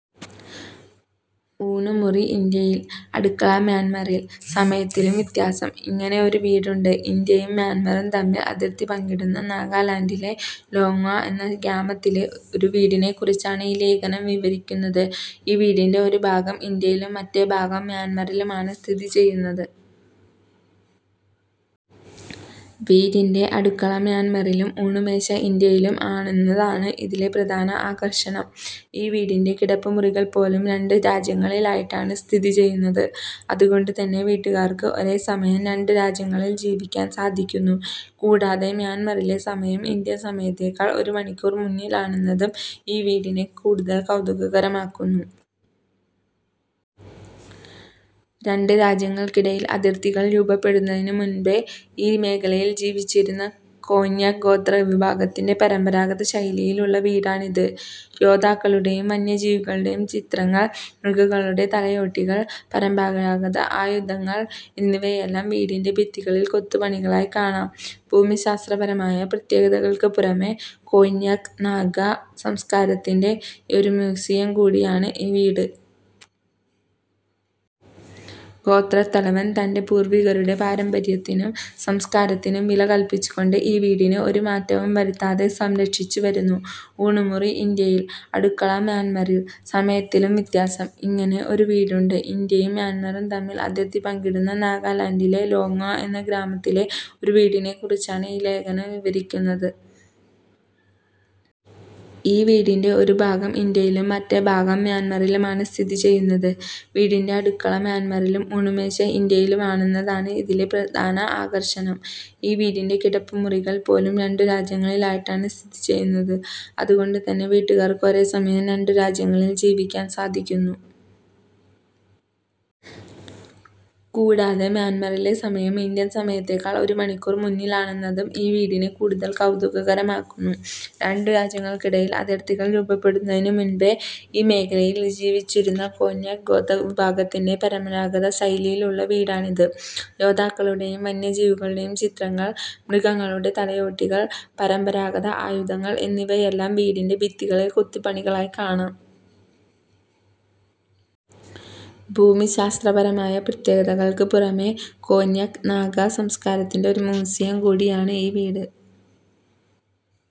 ഊണുമുറി ഇന്ത്യയിൽ, അടുക്കള മ്യാൻമറിൽ! സമയത്തിലും വ്യത്യാസം; ഇങ്ങനെ ഒരു വീടുണ്ട് ഇന്ത്യയും മ്യാൻമാറും തമ്മിൽ അതിർത്തി പങ്കിടുന്ന നാഗാലാൻഡിലെ ലോങ്ങ്വ എന്ന ഗ്രാമത്തിലെ ഒരു വീടിനെക്കുറിച്ചാണ് ഈ ലേഖനം വിവരിക്കുന്നത്. ഈ വീടിന്റെ ഒരു ഭാഗം ഇന്ത്യയിലും മറ്റേ ഭാഗം മ്യാൻമാറിലുമാണ് സ്ഥിതി ചെയ്യുന്നത്. വീടിന്റെ അടുക്കള മ്യാൻമാറിലും ഊണുമേശ ഇന്ത്യയിലും ആണെന്നതാണ് ഇതിലെ പ്രധാന ആകർഷണം. ഈ വീടിന്റെ കിടപ്പുമുറികൾ പോലും രണ്ട് രാജ്യങ്ങളിലായിട്ടാണ് സ്ഥിതി ചെയ്യുന്നത്. അതുകൊണ്ട് തന്നെ വീട്ടുകാർക്ക് ഒരേ സമയം രണ്ട് രാജ്യങ്ങളിൽ ജീവിക്കാൻ സാധിക്കുന്നു. കൂടാതെ, മ്യാൻമാറിലെ സമയം ഇന്ത്യൻ സമയത്തേക്കാൾ ഒരു മണിക്കൂർ മുന്നിലാണെന്നതും ഈ വീടിനെ കൂടുതൽ കൗതുകകരമാക്കുന്നു. രണ്ട് രാജ്യങ്ങൾക്കിടയിൽ അതിർത്തികൾ രൂപപ്പെടുന്നതിന് മുമ്പേ ഈ മേഖലയിൽ ജീവിച്ചിരുന്ന കോന്യാക് ഗോത്ര വിഭാഗത്തിന്റെ പരമ്പരാഗത ശൈലിയിലുള്ള വീടാണിത്. യോദ്ധാക്കളുടെയും വന്യജീവികളുടെയും ചിത്രങ്ങൾ, മൃഗങ്ങളുടെ തലയോട്ടികൾ, പരമ്പരാഗത ആയുധങ്ങൾ എന്നിവയെല്ലാം വീടിന്റെ ഭിത്തികളിൽ കൊത്തുപണികളായി കാണാം. ഭൂമിശാസ്ത്രപരമായ പ്രത്യേകതകൾക്ക് പുറമെ, കോന്യാക് നാഗാ സംസ്കാരത്തിന്റെ ഒരു മ്യൂസിയം കൂടിയാണ് ഈ വീട്. ഗോത്രത്തലവൻ തന്റെ പൂർവ്വികരുടെ പാരമ്പര്യത്തിനും സംസ്കാരത്തിനും വില കൽപ്പിച്ചു കൊണ്ട് ഈ വീടിനെ ഒരു മാറ്റവും വരുത്താതെ സംരക്ഷിച്ചു വരുന്നു. ഊണുമുറി ഇന്ത്യയിൽ, അടുക്കള മ്യാൻമറിൽ! സമയത്തിലും വ്യത്യാസം; ഇങ്ങനെ ഒരു വീടുണ്ട് ഇന്ത്യയും മ്യാൻമാറും തമ്മിൽ അതിർത്തി പങ്കിടുന്ന നാഗാലാൻഡിലെ ലോങ്ങ്വ എന്ന ഗ്രാമത്തിലെ ഒരു വീടിനെക്കുറിച്ചാണ് ഈ ലേഖനം വിവരിക്കുന്നത്. ഈ വീടിന്റെ ഒരു ഭാഗം ഇന്ത്യയിലും മറ്റേ ഭാഗം മ്യാൻമാറിലുമാണ് സ്ഥിതി ചെയ്യുന്നത്. വീടിന്റെ അടുക്കള മ്യാൻമാറിലും ഊണുമേശ ഇന്ത്യയിലും ആണെന്നതാണ് ഇതിലെ പ്രധാന ആകർഷണം. ഈ വീടിന്റെ കിടപ്പുമുറികൾ പോലും രണ്ട് രാജ്യങ്ങളിലായിട്ടാണ് സ്ഥിതി ചെയ്യുന്നത്. അതുകൊണ്ട് തന്നെ വീട്ടുകാർക്ക് ഒരേ സമയം രണ്ട് രാജ്യങ്ങളിൽ ജീവിക്കാൻ സാധിക്കുന്നു. കൂടാതെ, മ്യാൻമാറിലെ സമയം ഇന്ത്യൻ സമയത്തേക്കാൾ ഒരു മണിക്കൂർ മുന്നിലാണെന്നതും ഈ വീടിനെ കൂടുതൽ കൗതുകകരമാക്കുന്നു. രണ്ട് രാജ്യങ്ങൾക്കിടയിൽ അതിർത്തികൾ രൂപപ്പെടുന്നതിന് മുമ്പേ ഈ മേഖലയിൽ ജീവിച്ചിരുന്ന കോന്യാക് ഗോത്ര വിഭാഗത്തിന്റെ പരമ്പരാഗത ശൈലിയിലുള്ള വീടാണിത്. യോദ്ധാക്കളുടെയും വന്യജീവികളുടെയും ചിത്രങ്ങൾ, മൃഗങ്ങളുടെ തലയോട്ടികൾ, പരമ്പരാഗത ആയുധങ്ങൾ എന്നിവയെല്ലാം വീടിന്റെ ഭിത്തികളിൽ കൊത്തുപണികളായി കാണാം. ഭൂമിശാസ്ത്രപരമായ പ്രത്യേകതകൾക്ക് പുറമെ, കോന്യാക് നാഗാ സംസ്കാരത്തിന്റെ ഒരു മ്യൂസിയം കൂടിയാണ് ഈ വീട്.